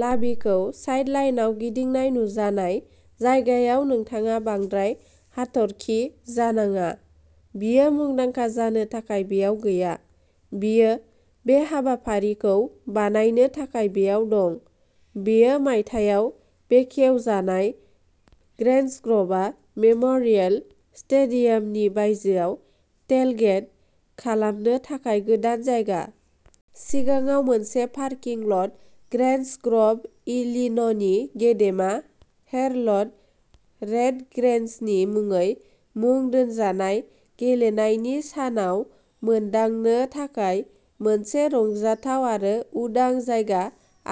लाभीखौ साइडलाइनआव गिदिंनाय नुजानाय जायगायाव नोंथाङा बांद्राय हाथरखि जानाङा। बियो मुंदांखा जानो थाखाय बेयाव गैया। बियो बे हाबाफारिखौ बानायनो थाखाय बेयाव दं। बेयो मायथाइयाव बेखेवजानाय। ग्रेन्ज ग्र'भआ मेम'रियेल स्टेडियामनि बायजोआव टेलगेट खालामनो थाखाय गोदान जायगा। सिगाङाव मोनसे पारकिं ल'ट, ग्रेन्ज ग्र'भ इलिनीनि गेदेमा हेरल्ड रेड ग्रेन्जनि मुङै मुं दोनजानाय गेलेनायनि सानाव मोनदांनो थाखाय मोनसे रंजाथाव आरो उदां जायगा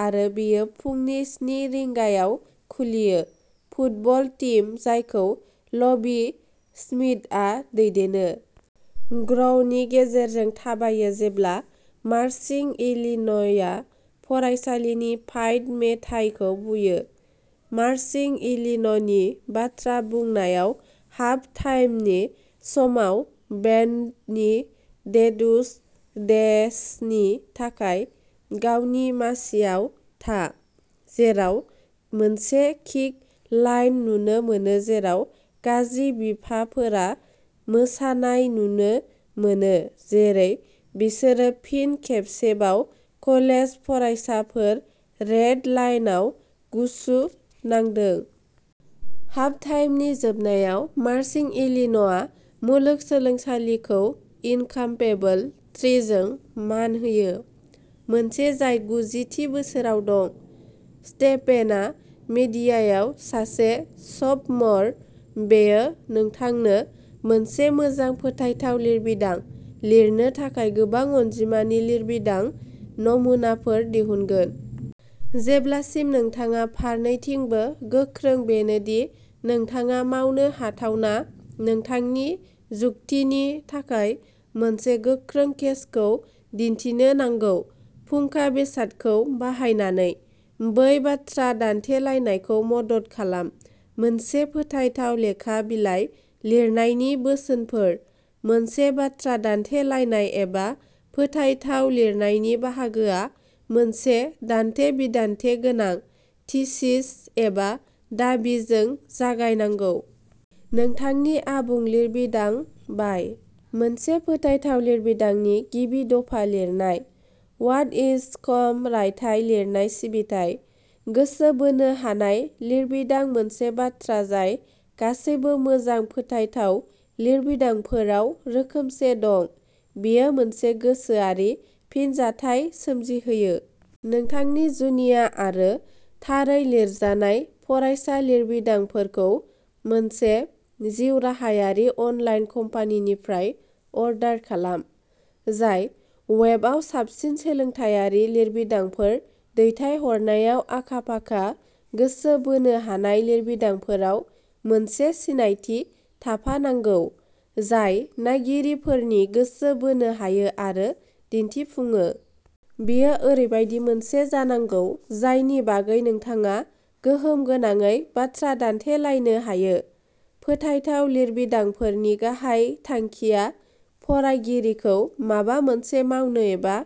आरो बेयो फुंनि स्नि रिंगायाव खुलियो। फुटबल टीम, जायखौ लभि स्मिथआ दैदेनो। ग्र'वनि गेजेरजों थाबायो जेब्ला मारचिं इलिनीया फरायसालिनि फाइट मेथाइखौ बुयो। मारचिं इलिनीनि बाथ्रा बुंनायाव हाफ टाइमनि समाव बेन्डनि डेड्स डे श'नि थाखाय गावनि मासिआव था। जेराव मोनसे किक लाइन नुनो मोनो जेराव गाज्रि बिफाफोरा मोसानाय नुनो मोनो जेरै बिसोरो फिन खेबसेबाव कलेज फरायसाफोर रेड लायनआव गुसु नांदों। हाफ टाइमनि जोबनायाव मारचिं इलिनीआ मुलुग सोलोंसालिखौ इनकामपेबल थ्रीजों मान होयो। मोनसे जाय गुजि थि बोसोराव दं। स्टेफेनआ मिडियायाव सासे सफ'मर। बेयो नोंथांनो मोनसे मोजां फोथायथाव लिरबिदां लिरनो थाखाय गोबां अनजिमानि लिरबिदां नमुनाफोर दिहुनगोन। जेब्लासिम नोंथाङा फारनैथिंबो गोख्रों-बेनो दि नोंथाङा मावनो हाथावना। नोंथांनि जुक्तिनि थाखाय मोनसे गोख्रों केसखौ दिन्थिनो नांगौ। फुंखा बेसादखौ बाहायनानै। बै बाथ्रा दान्थेलायनायखौ मदद खालाम। मोनसे फोथायथाव लेखा बिलाइ लिरनायनि बोसोनफोर। मोनसे बाथ्रा दान्थेलायनाय एबा फोथायथाव लिरनायनि बाहागोआ मोनसे दान्थे-बिदान्थे गोनां थिसिस एबा दाबिजों जागायनांगौ। नोंथांनि आबुं लिरबिदां बाय। मोनसे फोथायथाव लिरबिदांनि गिबि दफा लिरनाय वाट इज. कम रायथाइ लिरनाय सिबिथाइ। गोसो बोनो हानाय लिरबिदां मोनसे बाथ्रा जाय गासैबो मोजां फोथायथाव लिरबिदांफोराव रोखोमसे दं। बेयो मोनसे गोसोआरि फिनजाथाय सोमजिहोयो। नोंथांनि जुनिया आरो थारै लिरजानाय फरायसा लिरबिदांफोरखौ मोनसे जिउराहायारि अनलाइन कम्पानिनिफ्राय अर्डार खालाम। जाय वेबआव साबसिन सोलोंथायारि लिरबिदांफोर दैथायहरनायाव आखा-फाखा गोसो बोनो हानाय लिरबिदांफोराव मोनसे सिनायथि थाफानांगौ जाय नायगिरिफोरनि गोसो बोनो हायो आरो दिन्थिफुङो। बेयो ओरैबायदि मोनसे जानांगौ जायनि बागै नोंथाङा गोहोम गोनाङै बाथ्रा दान्थेलायनो हायो। फोथायथाव लिरबिदांफोरनि गाहाय थांखिया फरायगिरिखौ माबा मोनसे मावनो एबा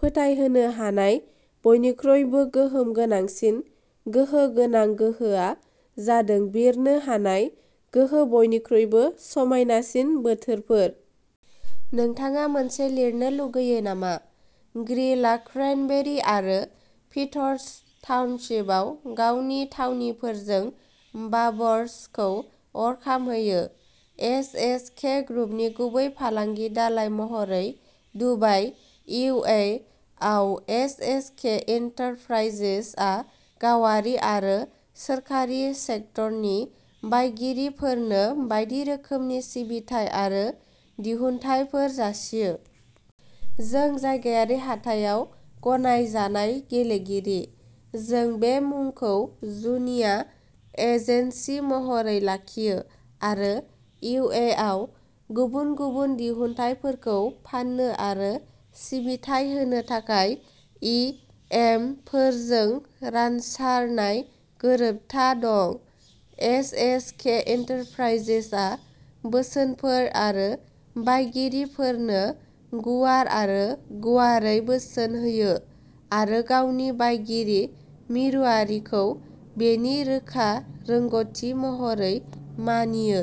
फोथायहोनो हानाय। बयनिख्रुइबो गोहोम गोनांसिन गोहो गोनां गोहोआ जादों बिरनो हानाय गोहो बयनिख्रुइबो समायनासिन बोथोरफोर। नोंथाङा मोनसे लिरनो लुगैयो नामा? ग्रिलआ क्रैनबेरी आरो पीटरस टाउनशिपआव गावनि थावनिफोरजों बाबरस'खौ अर खामहोयो। एस एस के ग्रुपनि गुबै फालांगि दालाय महरै दुबाइ इउ एइ आव एस एस के इन्टरप्राइजेसआ गावारि आरो सोरखारि सेक्टरनि बायगिरिफोरनो बायदि रोखोमनि सिबिथाय आरो दिहुनथायफोर जासियो। जों जायगायारि हाथायाव गनायजानाय गेलेगिरि। जों बे मुंखौ जुनिया एजेन्सि महरै लाखियो आरो इउ एइ आव गुबुन गुबुन दिहुनथायफोरखौ फाननो आरो सिबिथाइ होनो थाखाय इ एम फोरजों रानसारनाय गोरोबथा दं। एस एस के इन्टरप्राइजेसआ बोसोनफोर आरो बायगिरिफोरनो गुवार आरो गुवारै बोसोन होयो आरो गावनि बायगिरि मिरुआरिखौ बेनि रोखा रोंग'थि महरै मानियो।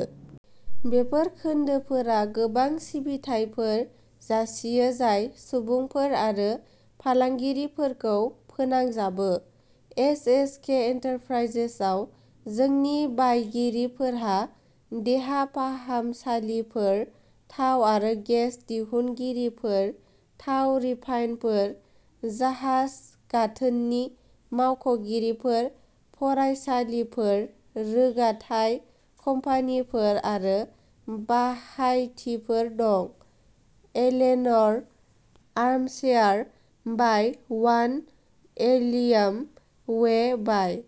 बेफोर खोन्दोफोरा गोबां सिबिथायफोर जासियो जाय सुबुंफोर आरो फालांगिफोरखौ फोनांजाबो। एस एस के इन्टरप्राइजेसआव जोंनि बायगिरिफोरहा देहा फाहामसालिफोर थाव आरो गेस दिहुनगिरिफोर थाव रिफाइनारफोर जाहाज गाथोननि मावख'गिरिफोर फरायसालिफोर, रोगाथाइ कम्पानिफोर आरो बाहायथिफोर दं। एलेन'र armchair bye one एलियाम way by